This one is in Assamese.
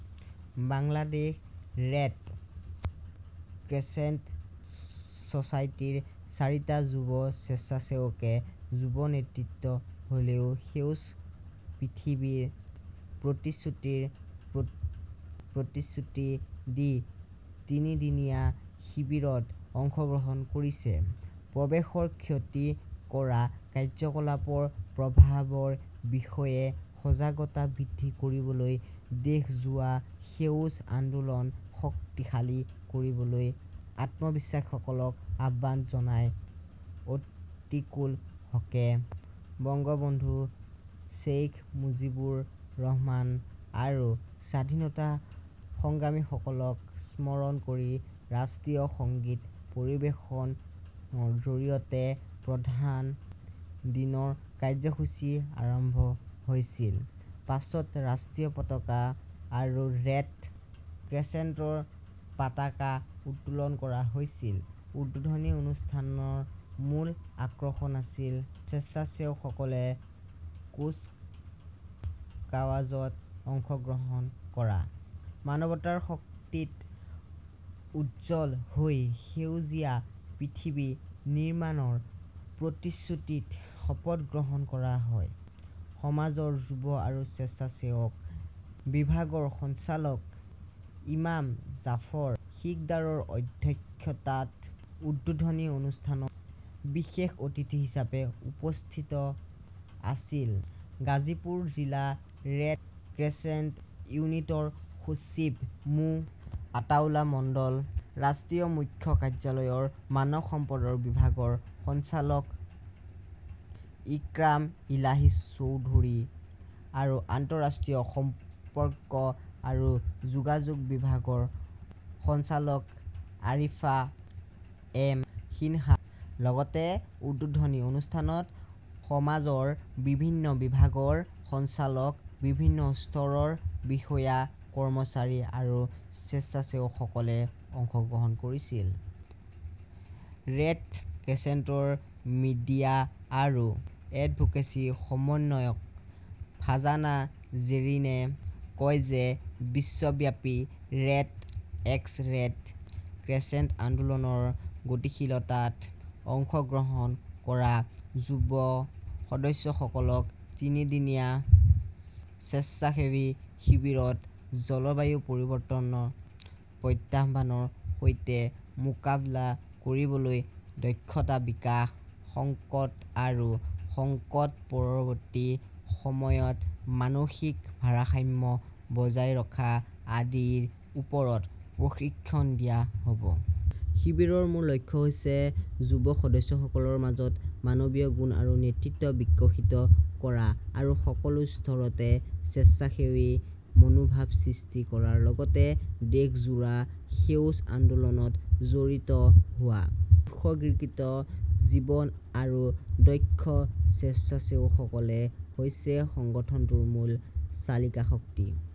বাংলাদেশ ৰেড ক্ৰেচেণ্ট ছ'চাইটিৰ চাৰিটা যুৱ স্বেচ্ছাসেৱকে "যুৱ নেতৃত্ব হ'লেও সেউজ পৃথিৱীৰ প্ৰতিশ্ৰুতি"ৰ প্ৰতিশ্ৰুতি দি তিনিদিনীয়া শিবিৰত অংশগ্ৰহণ কৰিছে। পৰিৱেশৰ ক্ষতি কৰা কাৰ্যকলাপৰ প্ৰভাৱৰ বিষয়ে সজাগতা বৃদ্ধি কৰিবলৈ দেশজোৰা সেউজ আন্দোলন শক্তিশালী কৰিবলৈ আত্মবিশ্বাসীসকলক আহ্বান জনায় অতীকুল হ'কে । বংগবন্ধু শ্বেইখ মুজিবুৰ ৰহমান আৰু স্বাধীনতা সংগ্ৰামীসকলক স্মৰণ কৰি ৰাষ্ট্ৰীয় সংগীত পৰিৱেশনৰ জৰিয়তে প্ৰথম দিনৰ কাৰ্যসূচী আৰম্ভ হৈছিল। পাছত ৰাষ্ট্ৰীয় পতাকা আৰু ৰেড ক্ৰেচেণ্টৰ পতাকা উত্তোলন কৰা হৈছিল। উদ্বোধনী অনুষ্ঠানৰ মূল আকৰ্ষণ আছিল স্বেচ্ছাসেৱকসকলে কুচকাৱাজত অংশগ্ৰহণ কৰা। মানৱতাৰ শক্তিত উজ্জ্বল হৈ সেউজীয়া পৃথিৱী নিৰ্মাণৰ প্ৰতিশ্ৰুতিত শপত গ্ৰহণ কৰা হয়। সমাজৰ যুৱ আৰু স্বেচ্ছাসেৱক বিভাগৰ সঞ্চালক ইমাম জাফৰ সিকদাৰৰ অধ্যক্ষতাত উদ্বোধনী অনুষ্ঠানত বিশেষ অতিথি হিচাপে উপস্থিত আছিল গাজীপুৰ জিলা ৰেড ক্ৰেচেণ্ট ইউনিটৰ সচিব মো. আতাউল্লা মণ্ডল, ৰাষ্ট্ৰীয় মুখ্য কাৰ্যালয়ৰ মানৱ সম্পদ বিভাগৰ সঞ্চালক ইক্ৰাম ইলাহি চৌধুৰী আৰু আন্তঃৰাষ্ট্ৰীয় সম্পৰ্ক আৰু যোগাযোগ বিভাগৰ সঞ্চালক আৰিফা এম সিনহা। লগতে উদ্বোধনী অনুষ্ঠানত সমাজৰ বিভিন্ন বিভাগৰ সঞ্চালক, বিভিন্ন স্তৰৰ বিষয়া-কৰ্মচাৰী আৰু স্বেচ্ছাসেৱকসকলে অংশগ্ৰহণ কৰিছিল। ৰেড ক্ৰেচেণ্টৰ মিডিয়া আৰু এডভোকেচি সমন্বয়ক ফাৰ্জানা জেৰিনে কয় যে বিশ্বব্যাপী ৰেড ক্ৰছ ৰেড ক্ৰেচেণ্ট আন্দোলনৰ গতিশীলতাত অংশগ্ৰহণ কৰা যুৱ সদস্যসকলক তিনিদিনীয়া স্বেচ্ছাসেৱী শিবিৰত জলবায়ু পৰিৱৰ্তনৰ প্ৰত্যাহ্বানৰ সৈতে মোকাবিলা কৰিবলৈ দক্ষতা বিকাশ, সংকট আৰু সংকট-পৰৱৰ্তী সময়ত মানসিক ভাৰসাম্য বজাই ৰখা আদিৰ ওপৰত প্ৰশিক্ষণ দিয়া হ'ব । শিবিৰৰ মূল লক্ষ্য হৈছে যুৱ সদস্যসকলৰ মাজত মানৱীয় গুণ আৰু নেতৃত্ব বিকশিত কৰা আৰু সকলো স্তৰতে স্বেচ্ছাসেৱী মনোভাৱ সৃষ্টি কৰাৰ লগতে দেশজোৰা সেউজ আন্দোলনত জড়িত হোৱা। উৎসৰ্গীকৃত জীৱন আৰু দক্ষ স্বেচ্ছাসেৱকসকল হৈছে সংগঠনটোৰ মূল চালিকা শক্তি।